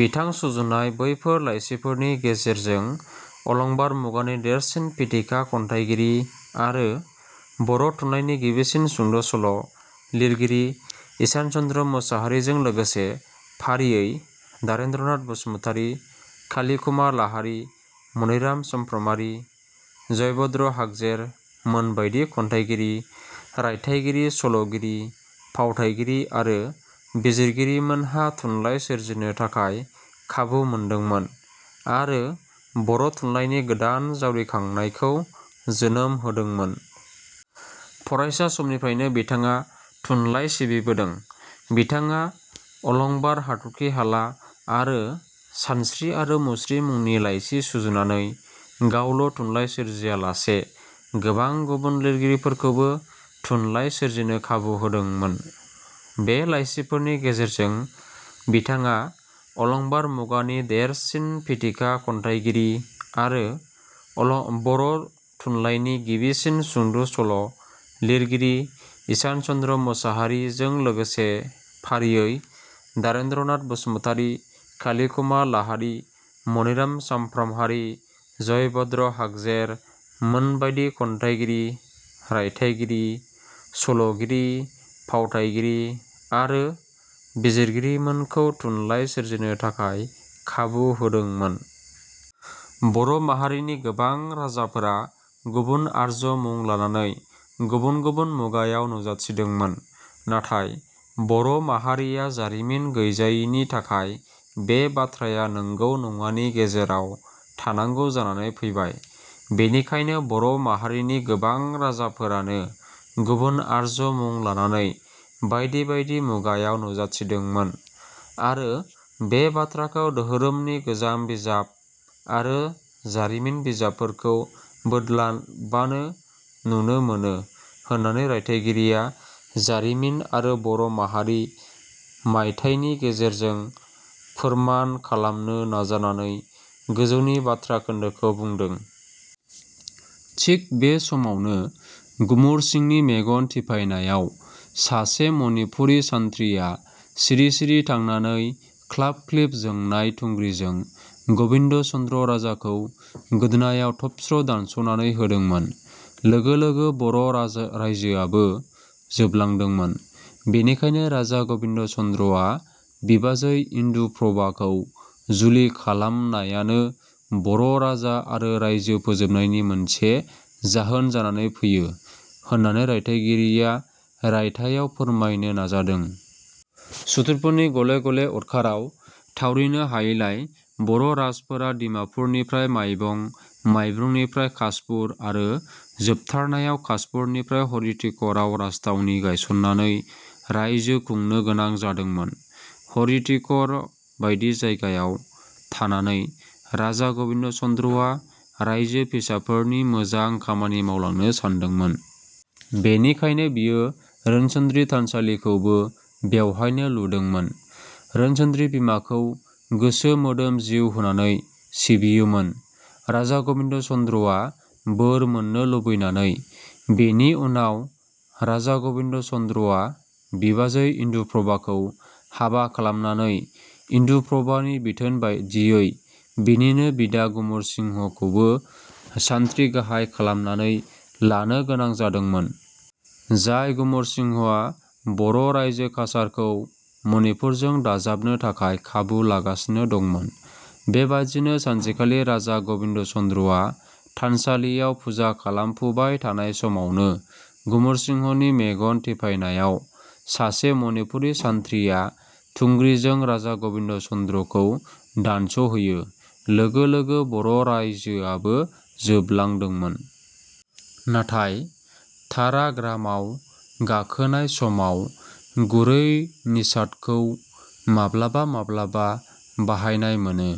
बिथां सुजुनाय बैफोर लाइसिफोरनि गेजेरजों अलंबार मुगानि देरसिन फिथिखा खन्थाइगिरि आरो बर' थुलाइनि गिबिसिन सुंद' सल' लिरगिरि ईसान चन्द्र मोसाहारिजों लोगोसे फारियै द्वारेन्द्र नाथ बसुमतारी, काली कुमार लाहारी, मनिराम समफ्रामहारि, जयभद्र हागजेर मोनबादि खन्थाइगिरि, रायथाइगिरि, सल'गिरि, फावथाइगिरि आरो बिजिरगिरिमोनहा थुनलाइ सोरजिनो थाखाय खाबु मोनदोंमोन आरो बर' थुनलायनि गोदान जावरिखांनायखौ जोनोम होदोंमोन। फरायसा समनिफ्रायनो बिथाङा थुनलाइ सिबिबोदोंं। बिथाङा 'अलंबार', 'हाथर्खि हाला' आरो 'सानस्रि आरो मुस्रि' मुंनि लाइसि सुजुनानै गावल' थुनलाइ सोरजिया लासे गोबां गुबुन लिरगिरिफोरखौबो थुनलाइ सोरजिनो खाबु होदोंमोन। बे लाइसिफोरनि गेजेरजों बिथाङा अलंबार मुगानि देरसिन फिथिखा खन्थाइगिरि आरो बर' थुलाइनि गिबिसिन सुंद' सल' लिरगिरि ईसान चन्द्र मोसाहारि जों लोगोसे फारियै द्वारेन्द्र नाथ बसुमतारी, काली कुमार लाहारी, मनिराम समफ्रामहारि, जयभद्र हागजेर मोनबादि खन्थाइगिरि, रायथाइगिरि, सल'गिरि, फावथाइगिरि आरो बिजिरगिरिमोनखौ थुनलाइ सोरजिनो थाखाय खाबु होदोंमोन। बर' माहारिनि गोबां राजाफोरा गुबुन आर्ज्य मुं लानानै गुबुन गुबुन मुगायाव नुजाथिदोंमोन। नाथाइ बर' माहारिया जारिमिन गैजायिनि थाखाय बे बाथ्राया नंगौ नङानि गेजेराव थांनांगौ जानानै फैबाय। बेनिखायनो बर' माहारिनि गोबां राजाफोरानो गुबुन आर्ज्य मुं लानानै बायदि बायदि मुगायाव नुजाथिदोंमोन आरो बे बाथ्राखौ दोहोरोमनि गोजाम बिजाब आरो जारिमिन बिजाबफोरखौ बोदलाबानो नुनो मोनो होननानै रायथइगिरिया "जारिमिन आरो बर' माहारि" मायथाइनि गेजेरजों फोरमान खालामनो नाजानानै गोजौनि बाथ्रा खोन्दोखौ बुंदों। थिग बे समावनो गुमुर सिंनि मेगन थिफायनायाव सासे मनिपुरि सान्थ्रिया सिरि-सिरि थांनानै ख्लाब-ख्लिब जोंनाय थुग्रिजों गबिन्द' चन्द्र राजाखौ गोदोनायाव थबस्र' दानस'नानै होदोंमोन। लोगो लोगो बर' रायजोआबो जोबलांदोंमोन। बेनिखायनो राजा गबिन्द' चन्द्रआ बिबाजै इन्दुप्रभाखौ जुलि खालामनायानो बर' राजा आरो राइजो फोजोबनायनि मोनसे जाहोन जानानै फैयो होननानै राइथाइगिरिया रायथाइआव फोरमायनो नाजादों। सुथुरफोरनि गले गले उदखाराव थावरिनो हायैलाय बर' राजफोरा डिमापुरनिफ्राय माइबं, माइबंनिफ्राय खासपुर आरो जोबथारनायाव खासपुरनिफ्राय हरिटिकराव राजथावनि गायसननानै रायजो खुनो गोनां जादोंमोन। हरिटिकर बादि जायगायाव थानानै राजा गबिन्द चन्द्रआ रायजो फिसाफोरनि मोजां खामानि मावलांनो सानदोंमोन। बेनिखायनो बियो रोनसोन्द्रि थानसालिखौबो बेवहायनो लुदोंमोन। रोनसोन्द्रि बिमाखौ गोसो मोदोम जिउ होनानै सिबियोमोन राजा गबिन्द चन्द्रआ बोर मोननो लुबैनानै। बेनि उनाव राजा गबिन्द' चन्द्रआ बिबाजै इन्दुप्रभाखौ हाबा खालामनानै, इन्दुप्रभानि बिथोन बादियै बिनिनो बिदा गुमुरसिंहखौबो सानथ्रि गाहाय खालामनानै लानो गोनां जादोंमोन। जाय गुमुरसिंहआ बर' रायजो काछारखौ मनिपुरजों दाजाबनो थाखाय खाबु लागासिनो दंङ'मोन। बेबादिनो सानसेखालि राजा गबिन्द चन्द्रआ थानसालियाव फुजा खालामफुबाय थानाय समावनो गुमुरसिंहनि मेगन थिफायनायाव सासे मनिपुरी सानथ्रिया थुंग्रिजों राजा गबिन्द चन्द्रखौ दानस'हैयो। लोगो लोगो बर' रायजोआबो जोबलांदोंमोन। नाथाय तारा ग्रामाव गाखोनाय समाव गुरै निषादखौ माब्लाबा माब्लाबा बाहायनाय मोनो।